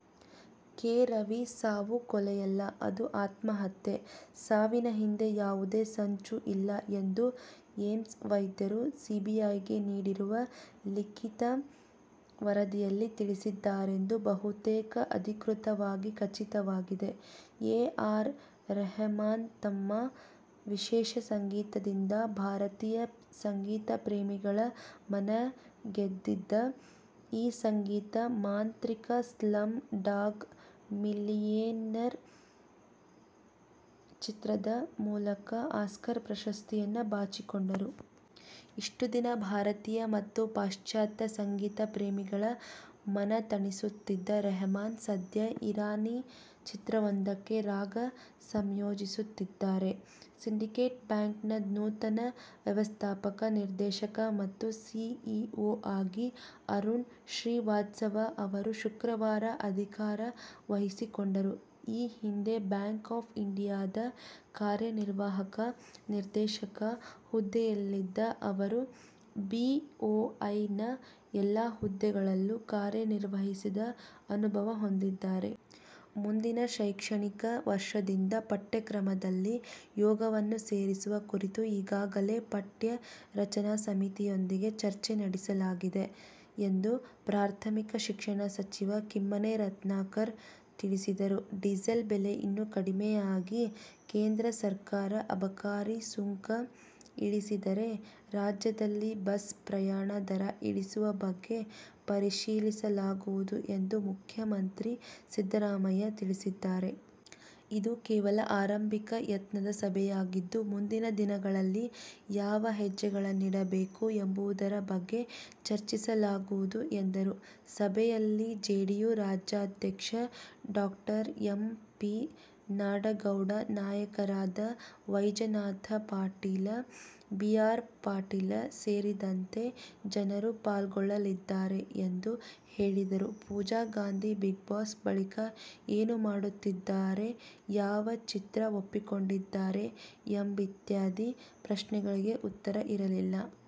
K. Ravi ಸಾವು ಕೊಲೆಯಲ್ಲ, ಅದು ಆತ್ಮಹತ್ಯೆ. ಸಾವಿನ ಹಿಂದೆ ಯಾವುದೇ ಸಂಚು ಇಲ್ಲ ಎಂದು ಏಮ್ಸ್ ವೈದ್ಯರು ಸಿಬಿಐಗೆ ನೀಡಿರುವ ಲಿಖಿತ ವರದಿಯಲ್ಲಿ ತಿಳಿಸಿದ್ದಾರೆಂದು ಬಹುತೇಕ ಅಧಿಕೃತವಾಗಿ ಖಚಿತವಾಗಿದೆ. ಎ. ಆರ್ ರೆಹಮಾನ್ತಮ್ಮ ವಿಶೇಷ ಸಂಗೀತದಿಂದ ಭಾರತೀಯ ಸಂಗೀತ ಪ್ರೇಮಿಗಳ ಮನಗೆದಿದ್ದ ಈ ಸಂಗೀತ ಮಾಂತ್ರಿಕ ಸ್ಲಂ ಡಾಗ್ ಮಿಲಿಯನೇರ್ ಚಿತ್ರದ ಮೂಲಕ ಆಸ್ಕರ್ ಪ್ರಶಸ್ತಿಯನ್ನು ಬಾಚಿಕೊಂಡರು. ಇಷ್ಟು ದಿನ ಭಾರತೀಯ ಮತ್ತು ಪಾಶ್ಚಾತ್ಯ ಸಂಗೀತ ಪ್ರೇಮಿಗಳ ಮನತಣಿಸಿಸುತ್ತಿದ್ದ ರೆಹಮಾನ್ ಸದ್ಯ ಇರಾನಿ ಚಿತ್ರವೊಂದಕ್ಕೆ ರಾಗ ಸಂಯೋಜಿಸುತ್ತಿದ್ದಾರೆ. ಸಿಂಡಿಕೇಟ್ ಬ್ಯಾಂಕ್ನ ನೂತನ ವ್ಯವಸ್ಥಾಪಕ ನಿರ್ದೇಶಕ ಮತ್ತು ಸಿಇಓ ಆಗಿ ಅರುಣ್ ಶ್ರೀವಾಸ್ತವ ಅವರು ಶುಕ್ರವಾರ ಅಧಿಕಾರ ವಹಿಸಿಕೊಂಡರು. ಈ ಹಿಂದೆ ಬ್ಯಾಂಕ್ ಆಫ್ ಇಂಡಿಯಾ ದ ಕಾರ್ಯನಿರ್ವಾಹಕ ನಿರ್ದೇಶಕ ಹುದ್ದೆಯಲ್ಲಿದ್ದ ಅವರು ಬಿಓಐನ ಎಲ್ಲ ಹುದ್ದೆಗಳಲ್ಲೂ ಕಾರ್ಯನಿರ್ವಹಿಸಿದ ಅನುಭವ ಹೊಂದಿದ್ದಾರೆ. ಮುಂದಿನ ಶೈಕ್ಷಣಿಕ ವರ್ಷದಿಂದ ಪಠ್ಯಕ್ರಮದಲ್ಲಿ ಯೋಗವನ್ನು ಸೇರಿಸುವ ಕುರಿತು ಈಗಾಗಲೇ ಪಠ್ಯ ರಚನಾ ಸಮಿತಿಯೊಂದಿಗೆ ಚರ್ಚೆ ನಡೆಸಲಾಗಿದೆ ಎಂದು ಪ್ರಾಥಮಿಕ ಶಿಕ್ಷಣ ಸಚಿವ ಕಿಮ್ಮನೆ ರತ್ನಾಕರ ತಿಳಿಸಿದರು. ಡೀಸೆಲ್ ಬೆಲೆ ಇನ್ನೂ ಕಡಿಮೆ ಆಗಿ ಕೇಂದ್ರ ಸರ್ಕಾರ ಅಬಕಾರಿ ಸುಂಕ ಇಳಿಸಿದರೆ, ರಾಜ್ಯದಲ್ಲಿ ಬಸ್ ಪ್ರಯಾಣ ದರ ಇಳಿಸುವ ಬಗ್ಗೆ ಪರಿಶೀಲಿಸಲಾಗುವುದು ಎಂದು ಮುಖ್ಯ ಮಂತ್ರಿ ಸಿದ್ದರಾಮಯ್ಯ ತಿಳಿಸಿದ್ದಾರೆ. ಇದು ಕೇವಲ ಆರಂಭಿಕ ಯತ್ನದ ಸಭೆಯಾಗಿದ್ದು, ಮುಂದಿನ ದಿನಗಳಲ್ಲಿ ಯಾವ ಹೆಜ್ಜೆಗಳನ್ನಿಡಬೇಕು ಎಂಬುದರ ಬಗ್ಗೆ ಚರ್ಚಿಸಲಾಗುವುದು ಎಂದರು. ಸಭೆಯಲ್ಲಿ ಜೆಡಿಯು ರಾಜ್ಯಾಧ್ಯಕ್ಷ ಡಾ ಎಂ. ಪಿ. ನಾಡಗೌಡ, ನಾಯಕರಾದ ವೈಜನಾಥ ಪಾಟೀಲ, ಬಿ. ಆರ್. ಪಾಟೀಲ ಸೇರಿದಂತೆ ಜನರು ಪಾಲ್ಗೊಳ್ಳಲಿದ್ದಾರೆ ಎಂದು ಹೇಳಿದರು. ಪೂಜಾ ಗಾಂಧಿ, "ಬಿಗ್ಬಾಸ್' ಬಳಿಕ ಏನು ಮಾಡುತ್ತಿದ್ದಾರೆ, ಯಾವ ಚಿತ್ರ ಒಪ್ಪಿಕೊಂಡಿದ್ದಾರೆ ಎಂಬಿತ್ಯಾದಿ ಪ್ರಶ್ನೆಗಳಿಗೆ ಉತ್ತರ ಇರಲಿಲ್ಲ.